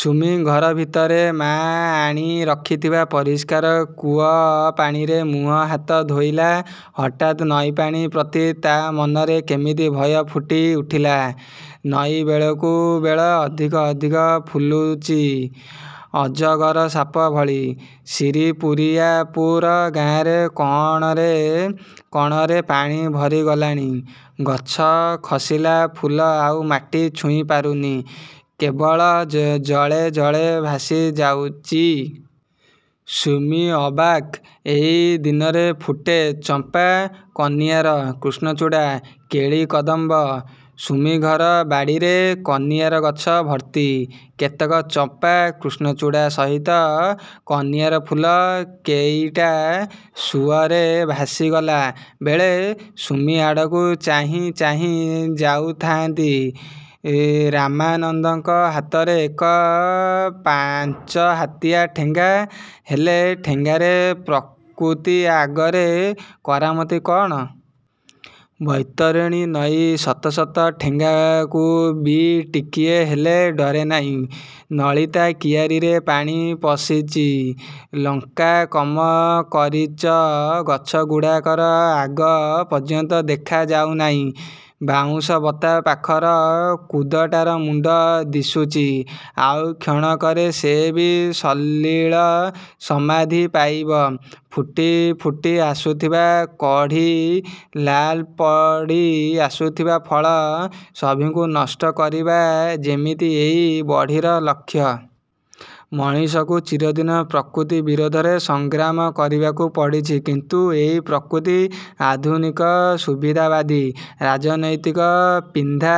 ସୁମି ଘରଭିତରେ ମା ଆଣି ରଖିଥିବା ପରିଷ୍କାର କୂଅପାଣିରେ ମୁଁହହାତ ଧୋଇଲା। ହଠାତ୍ ନଈପାଣି ପ୍ରତି ତା' ମନରେ କେମିତି ଭୟ ଫୁଟି ଉଠିଲା। ନଈ ବେଳକୁ ବେଳ ଅଧିକ ଅଧିକ ଫୁଲୁଛି–ଅଜଗର ସାପ ଭଳି। ଶିରିପୁରିଆପୁର ଗାଁରେ କଣରେ କଣରେ ପାଣି ଭରିଗଲାଣି। ଗଛ ଖସିଲା ଫୁଲ ଆଉ ମାଟି ଛୁଇଁପାରୁନି–କେବଳ ଜଳେ ଜଳେ ଭାସିଯାଉଚି। ସୁମି ଅବାକ୍। ଏଇ ଦିନରେ ଫୁଟେ ଚମ୍ପା, କନିଅର, କୃଷ୍ଣଚୂଡ଼ା, କେଳି-କଦମ୍ବ। ସୁମିଘର ବାଡ଼ିରେ କନିଅର ଗଛ ଭର୍ତ୍ତି। କେତେକ ଚମ୍ପା–କୃଷ୍ଣଚୂଡ଼ା ସହିତ କନିଅର ଫୁଲ କେଇଟା ସୁଅରେ ଭାସିଗଲା ବେଳେ ସୁମିଆଡ଼କୁ ଚାହିଁ ଚାହିଁ ଯାଉଥାନ୍ତି। ରାମାନନ୍ଦଙ୍କ ହାତରେ ଏକ ପାଞ୍ଚହାତିଆ ଠେଙ୍ଗା। ହେଲେ, ଠେଙ୍ଗାର ପ୍ରକୃତି ଆଗରେ କରାମତି କଣ? ବୈତରଣୀ ନଈ ଶତ ଶତ ଠେଙ୍ଗାକୁ ବି ଟିକିଏ ହେଲେ ଡରେନାଇଁ। ନଳିତା କିଆରୀରେ ପାଣି ପଶିଚି। ଲଙ୍କାକମକରିଚ ଗଛଗୁଡାକର ଅଗ ପର୍ଯ୍ୟନ୍ତ ଦେଖା ଯାଉନାଇଁ। ବାଉଁଶ ବତା ପାଖର କୁଦଟାର ମୁଣ୍ଡ ଦିଶୁଚି। ଆଉ କ୍ଷଣକରେ ସେ ବି ସଲିଳ ସମାଧି ପାଇବ। ଫୁଟି ଫୁଟି ଆସୁଥିବା କଢ଼ି, ଲାଲ ପଡ଼ି ଆସୁଥିବା ଫଳ–ସଭିଙ୍କୁ ନଷ୍ଟ କରିବା ଯେମିତି ଏଇ ବଢ଼ିର ଲକ୍ଷ୍ୟ। ମଣିଷକୁ ଚିରଦିନ ପ୍ରକୃତି ବିରୋଧରେ ସଂଗ୍ରାମ କରିବାକୁ ପଡ଼ିଛି କିନ୍ତୁ ଏଇ ପ୍ରକୃତି ଆଧୁନିକ ସୁବିଧାବାଦୀ ରାଜନୈତିକ ପିନ୍ଧା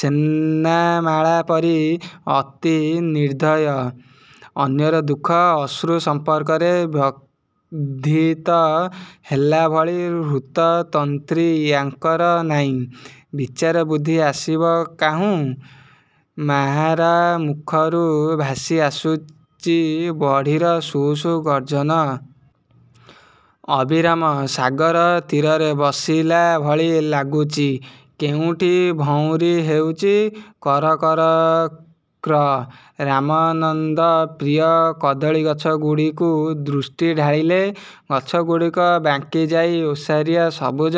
ସେନାମାଳା ପରି ଅତି ନିର୍ଦ୍ଦୟ। ଅନ୍ୟର ଦୁଃଖ-ଅଶ୍ରୁ ସମ୍ପର୍କରେ ବ୍ୟଥିତ ହେଲାଭଳି ହୃତ୍-ତନ୍ତ୍ରୀ ୟା'ଙ୍କର ନାଇଁ। ବିଚାର ବୁଦ୍ଧି ଆସିବ କାହୁଁ? ମାହାରା ମୁଖରୁ ଭାସି ଆସୁଚି ବଢ଼ିର ସୁ-ସୁ ଗର୍ଜନ। ଅବିରାମ। ସାଗର ତୀରରେ ବସିଲା ଭଳି ଲାଗୁଚି। କେଉଁଠି ଭଉଁରୀ ହେଉଚି–କର୍-କର୍ କ୍ର। ରାମାନନ୍ଦ ପ୍ରିୟ କଦଳୀଗଛଗୁଡ଼ିକୁ ଦୃଷ୍ଟି ଢାଳିଲେ। ଗଛଗୁଡ଼ିକ ବାଙ୍କିଯାଇ ଓସାରିଆ ସବୁଜ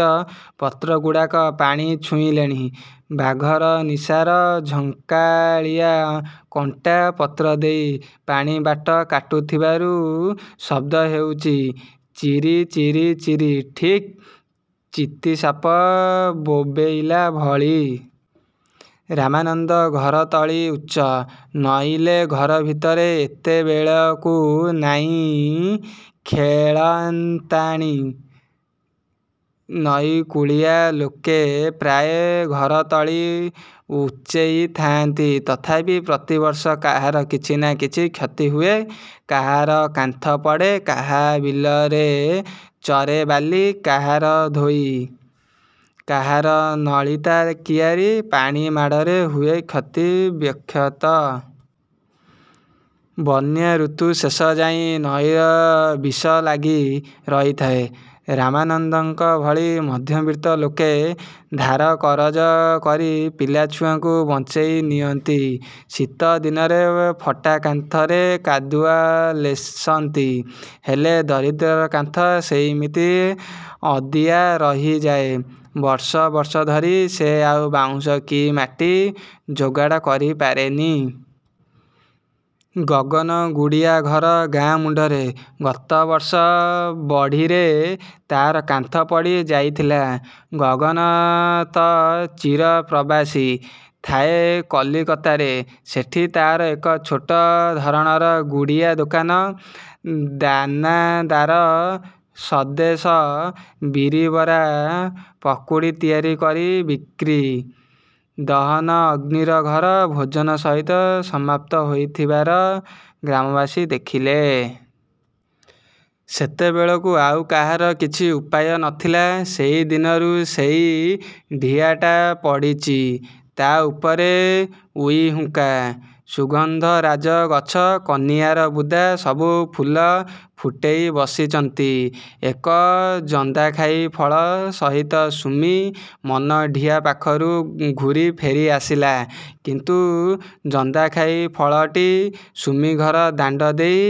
ପତ୍ରଗୁଡାକ ପାଣି ଛୁଇଁଲେଣି। ବାଘର ନିଶାର ଝଙ୍କାଳିଆ କଣ୍ଟା, ପତ୍ରଦେଇ ପାଣି ବାଟ କାଟୁଥିବାରୁ ଶବ୍ଦ ହେଉଚି–ଚିରି-ଚିରି-ଚିରି–ଠିକ୍ ଚିତିସାପ ବୋବେଇଲା ଭଳି। ରାମାନନ୍ଦ ଘରତଳି ଉଚ୍ଚ। ନଇଲେ ଘର ଭିତରେ ଏତେବେଳକୁ ନାଆ ଖେଳନ୍ତାଣି। ନଈକୂଳିଆ ଲୋକେ ପ୍ରାୟ ଘରତଳି ଉଚ୍ଚେଇଥାନ୍ତି। ତଥାପି ପ୍ରତିବର୍ଷ କାହାର କିଛି ନା କିଛି କ୍ଷତି ହୁଏ। କାହାର କାନ୍ଥ ପଡ଼େ–କାହାର ବିଲରେ ଚରେ ବାଲି–କାହାର ଧୋଇ। କାହାର ନଳିତା କିଆରୀ ପାଣି ମାଡ଼ରେ ହୁଏ କ୍ଷତବିକ୍ଷତ। ବନ୍ୟା ଋତୁ ଶେଷ ଯାଏଁ ନଈର ବିଷ ଲାଗି ରହିଥାଏ। ରାମାନନ୍ଦଙ୍କ ଭଳି ମଧ୍ୟବିତ୍ତ ଲୋକେ ଧାର କରଜ କରି ପିଲା ଛୁଆଙ୍କୁ ବଞ୍ଚେଇ ନିଅନ୍ତି। ଶୀତ ଦିନରେ ଫଟା କାନ୍ଥରେ କାଦୁଅ ଲେସନ୍ତି। ହେଲେ ଦରିଦ୍ରର କାନ୍ଥ ସେଇମିତି ଅଦିଆ ରହିଯାଏ। ବର୍ଷ ବର୍ଷ ଧରି ସେ ଆଉ ବାଉଁଶ କି ମାଟି ଯୋଗାଡ଼ କରିପାରେନି। ଗଗନଗୁଡ଼ିଆ ଘର ଗାଁ-ମୁଣ୍ଡରେ। ଗତ ବର୍ଷ ବଢ଼ିରେ ତାର କାନ୍ଥ ପଡ଼ି ଯାଇଥିଲା। ଗଗନ ତ ଚିର ପ୍ରବାସୀ। ଥାଏ କଲିକତାରେ। ସେଠି ତାର ଏକ ଛୋଟ ଧରଣର ଗୁଡ଼ିଆ ଦୋକାନ। ଦାନାଦାର, ସନ୍ଦେଶ, ବିରିବରା, ପକୁଡ଼ି ତିଆରି କରି ବିକ୍ରି। ଦହନ ଅଗ୍ନିର ଘର ଭୋଜନ ସହିତ ସମାପ୍ତ ହୋଇଥିବାର ଗ୍ରାମବାସୀ ଦେଖିଲେ। ସେତେବେଳକୁ ଆଉ କାହାର କିଛି ଉପାୟ ନଥିଲା। ସେଇଦିନରୁ ସେଇ ଢିଅଟା ପଡ଼ିଚି। ତା ଉପରେ ଉଈହୁଙ୍କା। ସୁଗନ୍ଧରାଜ ଗଛ–କନିଅର ବୁଦା ସବୁ ଫୁଲ ଫୁଟେଇ ବସିଚନ୍ତି। ଏକ ଜନ୍ଦାଖାଇ ଫଳ ସହିତ ସୁମି ମନ ଢିଅ ପାଖରୁ ଘୂରି ଫେରି ଆସିଲା। କିନ୍ତୁ ଜନ୍ଦାଖାଇ ଫଳଟି ସୁମି-ଘର ଦାଣ୍ଡଦେଇ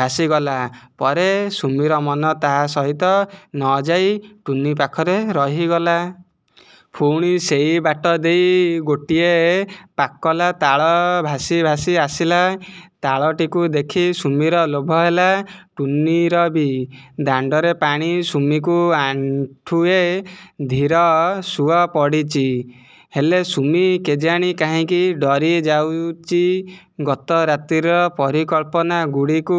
ଭାସିଗଲା ପରେ ସୁମିର ମନ ତା ସହିତ ନଯାଇ ଟୁନୀ ପାଖରେ ରହିଗଲା। ପୁଣି ସେଇବାଟ ଦେଇ ଗୋଟିଏ ପାକଲା ତାଳ ଭାସି ଭାସି ଆସିଲା, ତାଳଟିକୁ ଦେଖି ସୁମିର ଲୋଭ ହେଲା। ଟୁନୀର ବି। ଦାଣ୍ଡରେ ପାଣି ସୁମିକୁ ଆଣ୍ଠୁଏ;–ଧୀର ସୁଅ ପଡ଼ିଚି। ହେଲେ ସୁମି କେଜାଣି କାହିଁକି ଡରି ଯାଇଚି। ଗତ ରାତ୍ରିର ପରିକଳ୍ପନାଗୁଡ଼ିକୁ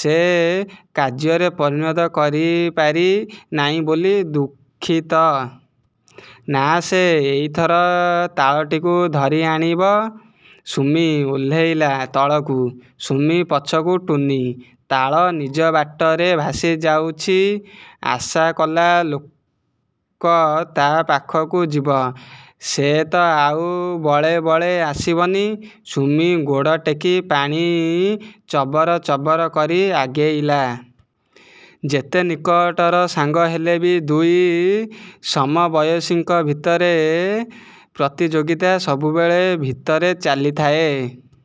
ସେ କାର୍ଯ୍ୟରେ ପରିଣତ କରିପାରି ନାଇଁ ବୋଲି ଦୁଃଖିତ। ନା–ସେ ଏଇଥର ତାଳଟିକୁ ଧରି ଆଣିବ। ସୁମି ଓହ୍ଲେଇଲା ତଳକୁ। ସୁମି ପଛକୁ ଟୁନୀ। ତାଳ ନିଜ ବାଟରେ ଭାସି ଯାଉଛି। ଆଶା କଲା ଲୋକ ତା ପାଖକୁ ଯିବ। ସେ ତ ଆଉ ବଳେ ବଳେ ଆସିବନି। ସୁମି ଗୋଡ଼ ଟେକି ପାଣି ଚବର୍ ଚବର୍ କରି ଆଗେଇଲା। ଯେତେ ନିକଟର ସାଙ୍ଗ ହେଲେ ବି ଦୁଇ ସମବୟସୀଙ୍କ ଭିତରେ ପ୍ରତିଯୋଗିତା ସବୁବେଳେ ଭିତରେ ଚାଲିଥାଏ।